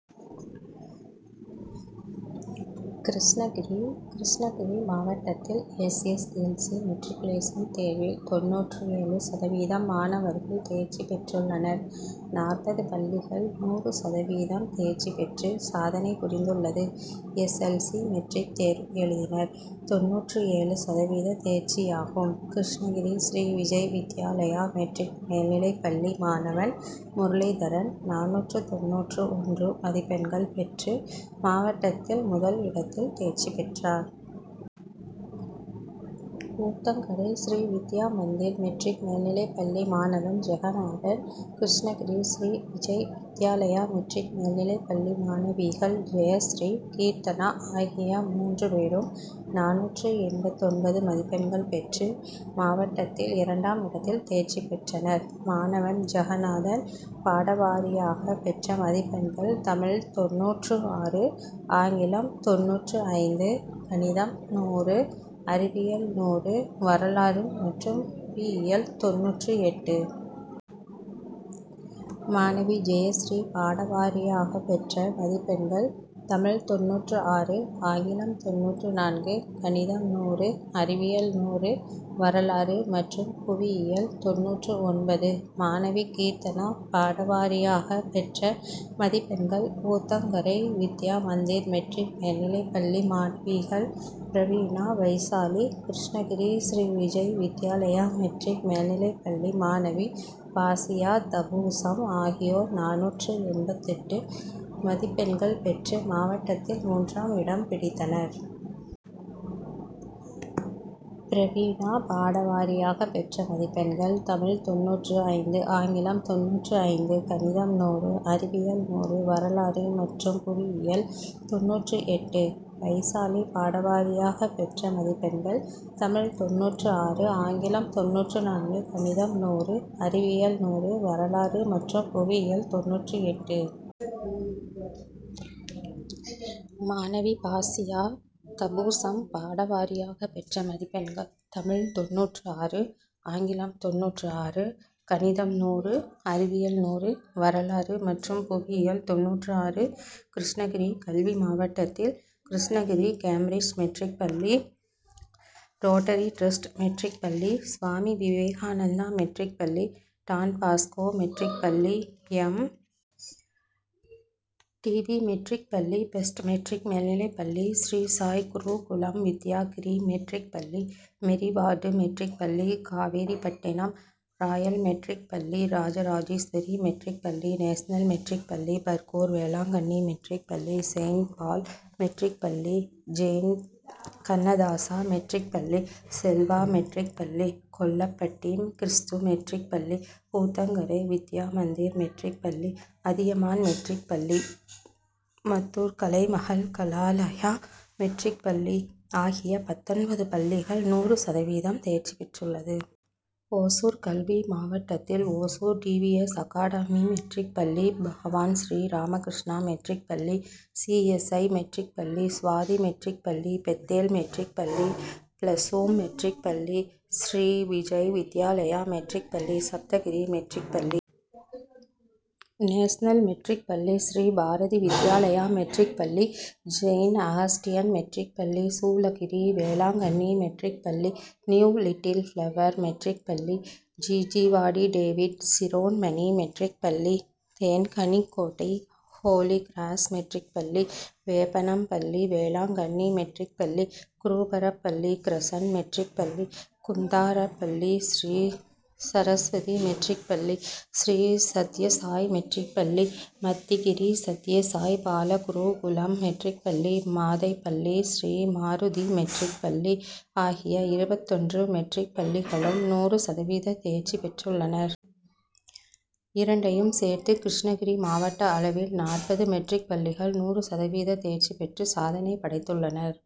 கிருஷ்ணகிரி: கிருஷ்ணகிரி மாவட்டத்தில் S. S. L. C., matriculation தேர்வில் தொண்ணூற்று ஏழு சதவீதம் மாணவர்கள் தேர்ச்சி பெற்றுள்ளனர். நாற்பது பள்ளிகள் நூறு சதவீதம் தேர்ச்சி பெற்று சாதனை புரிந்துள்ளது. எஸ். எல். ஸி.,மெட்ரிக் தேர்வு எழுதினர். தொண்ணூற்று ஏழு சதவீத தேர்ச்சியாகும். கிருஷ்ணகிரி ஸ்ரீ விஜய் வித்யாலயா மெட்ரிக் மேல்நிலைப்பள்ளி மாணவன் முரளிதரன் நானூற்று தொண்ணூற்று ஒன்று மதிப்பெண்கள் பெற்று மாவட்டதில் முதல் இடத்தில் தேர்ச்சி பெற்றார். ஊத்தங்கரை ஸ்ரீ வித்யா மந்திர் மெட்ரிக் மேல்நிலைப்பள்ளி மாணவன் ஜெகநாதன், கிருஷ்ணகிரி ஸ்ரீ விஜய் வித்யாலயா மெட்ரிக் மேல்நிலைப்பள்ளி மாணவிகள் ஜெயஸ்ரீ, கீர்த்தனா ஆகிய மூன்று பேரும் நானூற்று எண்பத்தொன்பது மதிப்பெண்கள் பெற்று மாவட்டத்தில் இரண்டாம் இடத்தில் தேர்ச்சி பெற்றனர். மாணவன் ஜகநாதன் பாடவாரியாக பெற்ற மதிப்பெண்கள்: தமிழ் தொண்ணூற்று ஆறு, ஆங்கிலம் தொண்ணூற்று ஐந்து, கணிதம் நூறு, அறிவியல் நூறு, வரலாறு மற்றும் புவியியல் தொண்ணூற்று எட்டு. மாணவி ஜெயஸ்ரீ பாடவாரியாக பெற்ற மதிப்பெண்கள்: தமிழ் தொண்ணூற்று ஆறு, ஆங்கிலம் தொண்ணூற்று நான்கு, கணிதம் நூறு, அறிவியல் நூறு, வரலாறு மற்றும் புவியியல் தொண்ணூற்று ஒன்பது. மாணவி கீர்த்தனா பாடவாரியாக பெற்ற மதிப்பெண்கள். ஊத்தங்கரை வித்யா மந்திர் மெட்ரிக் மேல்நிலைப்பள்ளி மாணவிகள் பிரவீனா, வைஷாலி, கிருஷ்ணகிரி ஸ்ரீ விஜய் வித்யாலயா மெட்ரிக் மேல்நிலைப்பள்ளி மாணவி பாசியா தபூசம் ஆகியோர் நானூற்று எண்பத்தெட்டு மதிப்பெண்கள் பெற்று மாவட்டத்தில் மூன்றாம் இடம் பிடித்தனர். பிரவீனா பாடவாரியாக பெற்ற மதிப்பெண்கள்: தமிழ் தொண்ணூற்று ஐந்து, ஆங்கிலம் தொண்ணூற்று ஐந்து, கணிதம் நூறு, அறிவியல் நூறு, வரலாறு மற்றும் புவியியல் தொண்ணூற்று எட்டு. வைசாலி பாடவரியாக பெற்ற மதிப்பெண்கள்: தமிழ் தொண்ணூற்று ஆறு, ஆங்கிலம் தொண்ணூற்று நான்கு, கணிதம் நூறு, அறிவியல் நூறு, வரலாறு மற்றும் புவியியல் தொண்ணூற்று எட்டு. மாணவி பாசியா தபூசம் பாடவாரியாக பெற்ற மதிப்பெண்கள்: தமிழ் தொண்ணூற்று ஆறு, ஆங்கிலம் தொண்ணூற்று ஆறு, கணிதம் நூறு, அறிவியல் நூறு, வரலாறு மற்றும் புவியியல் தொண்ணூற்று ஆறு. கிருஷ்ணகிரி கல்வி மாவட்டத்தில் கிருஷ்ணகிரி கேம்பிரிட்ஜ் மெட்ரிக் பள்ளி, ரோட்டரி டிரஸ்ட் மெட்ரிக் பள்ளி, சுவாமி விவேகானந்தா மெட்ரிக் பள்ளி, டான்பாஸ்கோ மெட்ரிக் பள்ளி, எம். டி. வி., மெட்ரிக் பள்ளி, பெஸ்ட் மெட்ரிக் மேல்நிலைப்பள்ளி, ஸ்ரீ சாய் குருகுலம் வித்யா கிரி மெட்ரிக் பள்ளி, மேரிவார்டு மெட்ரிக் பள்ளி, காவேரிப்பட்டணம் ராயல் மெட்ரிக் பள்ளி, ராஜ ராஜேஸ்வரி மெட்ரிக் பள்ளி, நேஷனல் மெட்ரிக் பள்ளி, பர்கூர், வேளாங்கன்னி மெட்ரிக் பள்ளி, செயின்ட்பால் மெட்ரிக் பள்ளி, செயின்ட் கண்ணதாசா மெட்ரிக் பள்ளி, செல்வா மெட்ரிக் பள்ளி, கொல்லப்பட்டி கிறுஸ்து மெட்ரிக் பள்ளி, ஊத்தங்கரை வித்யா மந்திர் மெட்ரிக்பள்ளி, அதியமான் மெட்ரிக் பள்ளி, மத்தூர் கலைமகள் கலாலயா மெட்ரிக் பள்ளி ஆகிய பத்தொன்பது பள்ளிகள் நூறு சதவீதம் தேர்சி பெற்றுள்ளது. ஓசூர் கல்வி மாவட்டத்தில் ஓசூர் டிவிஎஸ் அகாடமிமெட்ரிக் பள்ளி, பகவான் ஸ்ரீ ராமகிருஷ்ணா மெட்ரிக் பள்ளி, சி. எஸ். ஐ., மெட்ரிக் பள்ளி, சுவாதி மெட்ரிக் பள்ளி, பெத்தேல் மெட்ரிக் பள்ளி, ப்ளசூம் மெட்ரிக் பள்ளி, ஸ்ரீ விஜய் வித்யாலயா மெட்ரிக் பள்ளி, சப்தகிரி மெட்ரிக் பள்ளி, நேஷனல் மெட்ரிக் பள்ளி, ஸ்ரீ பாரதி வித்யாலயா மெட்ரிக் பள்ளி, செயின் அகஸ்டியன் மெட்ரிக் பள்ளி, சூளகிரி வேளாங்கன்னி மெட்ரிக் பள்ளி, நியூ லிட்டில் பிளவர் மெட்ரிக் பள்ளி, ஜீஜீவாடி டேவிட் சிரோண்மணி மெட்ரிக் பள்ளி, தேன்கனிக்கோட்டை, ஹோலி கிராஸ் மெட்ரிக் பள்ளி, வேப்பனப்பள்ளி வேளாங்கன்னி மெட்ரிக் பள்ளி, குருபரப்பள்ளி கிரசன்ட் மெட்ரிக் பள்ளி, குந்தாரப்பள்ளி ஸ்ரீ சரஸ்வதி மெட்ரிக் பள்ளி, ஸ்ரீ சத்யசாய் மெட்ரிக் பள்ளி, மத்திகிரி சத்யசாய் பால குருகுலம் மெட்ரிக் பள்ளி, மாதேப்பள்ளி ஸ்ரீ மாருதி மெட்ரிக் பள்ளி ஆகிய இருபத்தொன்று மெட்ரிக் பள்ளிகளும் நூறு சதவீத தேர்ச்சி பெற்றுள்ளனர். இரண்டையும் சேர்த்து கிருஷ்ணகிரி மாவட்ட அளவில் நாற்பது மெட்ரிக் பள்ளிகள் நூறு சதவீத தேர்ச்சி பெற்று சாதனை படைத்துள்ளனர்.